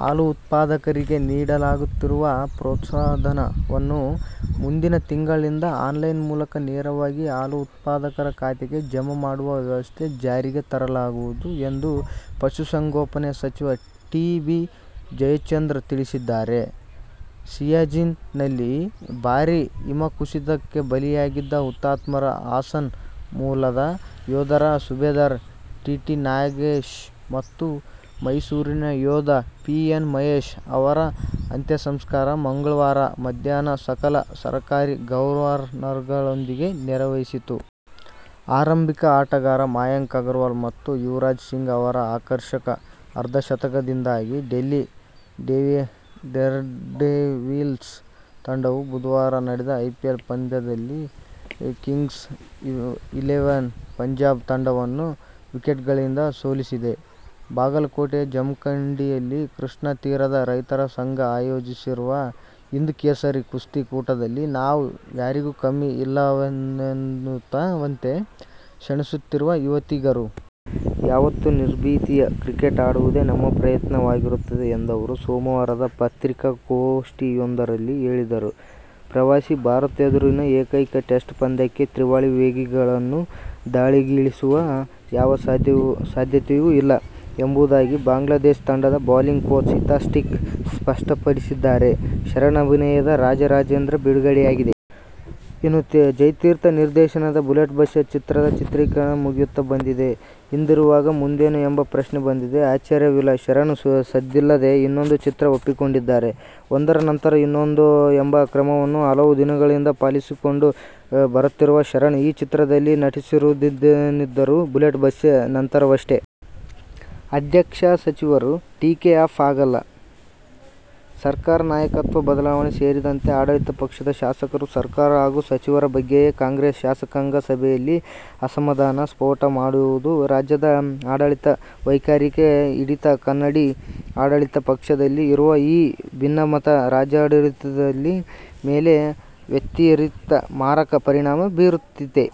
ಹಾಲು ಉತ್ಪಾದಕರಿಗೆ ನೀಡಲಾಗುತ್ತಿರುವ ಪ್ರೋತ್ಸಾಹಧನವನ್ನು ಮುಂದಿನ ತಿಂಗಳಿಂದ ಆನ್ಲೈನ್ ಮೂಲಕ ನೇರವಾಗಿ ಹಾಲು ಉತ್ಪಾದಕರ ಖಾತೆಗೆ ಜಮೆ ಮಾಡುವ ವ್ಯವಸ್ಥೆ ಜಾರಿಗೆ ತರಲಾಗುವುದು ಎಂದು ಪಶುಸಂಗೋಪನಾ ಸಚಿವ ಟಿ. ಬಿ. ಜಯಚಂದ್ರ ತಿಳಿಸಿದ್ದಾರೆ. ಸಿಯಾಚಿನ್ ನಲ್ಲಿ ಭಾರೀ ಹಿಮಕುಸಿತಕ್ಕೆ ಬಲಿಯಾಗಿದ್ದ ಹುತಾತ್ಮ ಹಾಸನ ಮೂಲದ ಯೋಧ ಸುಬೇದಾರ್ ಟಿಟಿ ನಾಗೇಶ್ ಮತ್ತು ಮೈಸೂರಿನ ಯೋಧ ಪಿಎನ್ ಮಹೇಶ್ ಅವರ ಅಂತ್ಯಸಂಸ್ಕಾರ ಮಂಗಳವಾರ ಮಧ್ಯಾಹ್ನ ಸಕಲ ಸರ್ಕಾರಿ ಗೌರವಗಳೊಂದಿಗೆ ನೆರವೇರಿತು. ಆರಂಭಿಕ ಆಟಗಾರ ಮಯಾಂಕ್ ಅಗರ್ವಾಲ್ ಮತ್ತು ಯುವರಾಜ್ ಸಿಂಗ್ ಅವರ ಆಕರ್ಷಕ ಅರ್ಧಶತಕದಿಂದಾಗಿ ಡೆಲ್ಲಿ ಡೇರ್ಡೆವಿಲ್ಸ್ ತಂಡವು ಬುಧವಾರ ನಡೆದ ಐಪಿಎಲ್ ಪಂದ್ಯದಲ್ಲಿ ಕಿಂಗ್ಸ್ ಇಲೆವನ್ ಪಂಜಾಬ್ ತಂಡವನ್ನು ವಿಕೆಟ್ಗಳಿಂದ ಸೋಲಿಸಿದೆ. ಬಾಗಲಕೋಟೆಯ ಜಮಖಂಡಿಯಲ್ಲಿ ಕೃಷ್ಣಾತೀರದ ರೈತರ ಸಂಘ ಆಯೋಜಿಸಿರುವ 'ಹಿಂದ್ ಕೇಸರಿ' ಕುಸ್ತಿ ಕೂಟದಲ್ಲಿ ನಾವ್ ಯಾರಿಗೂ ಕಮ್ಮಿ ಇಲ್ಲವೆನ್ನುವಂತೆ ಸೆಣಸುತ್ತಿರುವ ಯುವತಿಯರು. ಯಾವತ್ತೂ ನಿರ್ಭೀತಿಯ ಕ್ರಿಕೆಟ್ ಆಡುವುದೇ ನಮ್ಮ ಪ್ರಯತ್ನವಾಗಿರುತ್ತದೆ ಎಂದವರು ಸೋಮವಾರದ ಪತ್ರಿಕಾಗೋಷ್ಠಿಯೊಂದರಲ್ಲಿ ಹೇಳಿದರು. ಪ್ರವಾಸಿ ಭಾರತದೆದುರಿನ ಏಕೈಕ ಟೆಸ್ಟ್ ಪಂದ್ಯಕ್ಕೆ ತ್ರಿವಳಿ ವೇಗಿಗಳನ್ನು ದಾಳಿಗಿಳಿಸುವ ಯಾವ ಸಾಧ್ಯತೆಯೂ ಇಲ್ಲ ಎಂಬುದಾಗಿ ಬಾಂಗ್ಲಾದೇಶ ತಂಡದ ಬೌಲಿಂಗ್ ಕೋಚ್ ಹೀತ್ ಸ್ಟ್ರೀಕ್ ಸ್ಪಷ್ಟಪಡಿಸಿದ್ದಾರೆ. ಶರಣ್ ಅಭಿನಯದ "ರಾಜ ರಾಜೇಂದ್ರ' ಬಿಡುಗಡೆಯಾಗಿದೆ. ಇನ್ನು ಜಯತೀರ್ಥ ನಿರ್ದೇಶನದ "ಬುಲೆಟ್ ಬಸ್ಯ' ಚಿತ್ರದ ಚಿತ್ರೀಕರಣ ಮುಗಿಯುತ್ತಾ ಬಂದಿದೆ. ಹೀಗಿರುವಾಗ ಮುಂದೇನು ಎಂಬ ಪ್ರಶ್ನೆ ಬಂದರೆ ಆಶ್ಚರ್ಯವಿಲ್ಲ. ಶರಣ್ ಸದ್ದಿಲ್ಲದೆ ಇನ್ನೊಂದು ಚಿತ್ರವನ್ನು ಒಪ್ಪಿಕೊಂಡಿದ್ದಾರೆ. ಒಂದರ ನಂತರ ಇನ್ನೊಂದು ಎಂಬ ಕ್ರಮವನ್ನು ಹಲವು ದಿನಗಳಿಂದ ಪಾಲಿಸಿಕೊಂಡು ಬರುತ್ತಿರುವ ಶರಣ್, ಈ ಚಿತ್ರದಲ್ಲಿ ನಟಿಸುವುದೇನಿದ್ದರೂ "ಬುಲೆಟ್ ಬಸ್ಯ' ನಂತರವಷ್ಟೇ. "ಅದಕ್ಷ ಸಚಿವರು, ಟೇಕ್ ಆಫ್ ಆಗದ ಸರ್ಕಾರ, ನಾಯಕತ್ವ ಬದಲಾವಣೆ ಸೇರಿದಂತೆ ಆಡಳಿತ ಪಕ್ಷದ ಶಾಸಕರು ಸರ್ಕಾರ ಹಾಗೂ ಸಚಿವರ ಬಗ್ಗೆಯೇ ಕಾಂಗ್ರೆಸ್ ಶಾಸಕಾಂಗ ಸಭೆಯಲ್ಲಿ ಅಸಮಾಧಾನ ಸ್ಫೋಟ ಮಾಡುವುದು ರಾಜ್ಯದ ಆಡಳಿತ ವೈಖರಿಗೆ ಹಿಡಿದ ಕನ್ನಡಿ. ಆಡಳಿತ ಪಕ್ಷದಲ್ಲಿ ಇರುವ ಈ ಭಿನ್ನಮತ ರಾಜ್ಯಾಡಳಿತದ ಮೇಲೆ ವ್ಯತಿರಿಕ್ತ ಮಾರಕ ಪರಿಣಾಮ ಬೀರುತ್ತಿದೆ.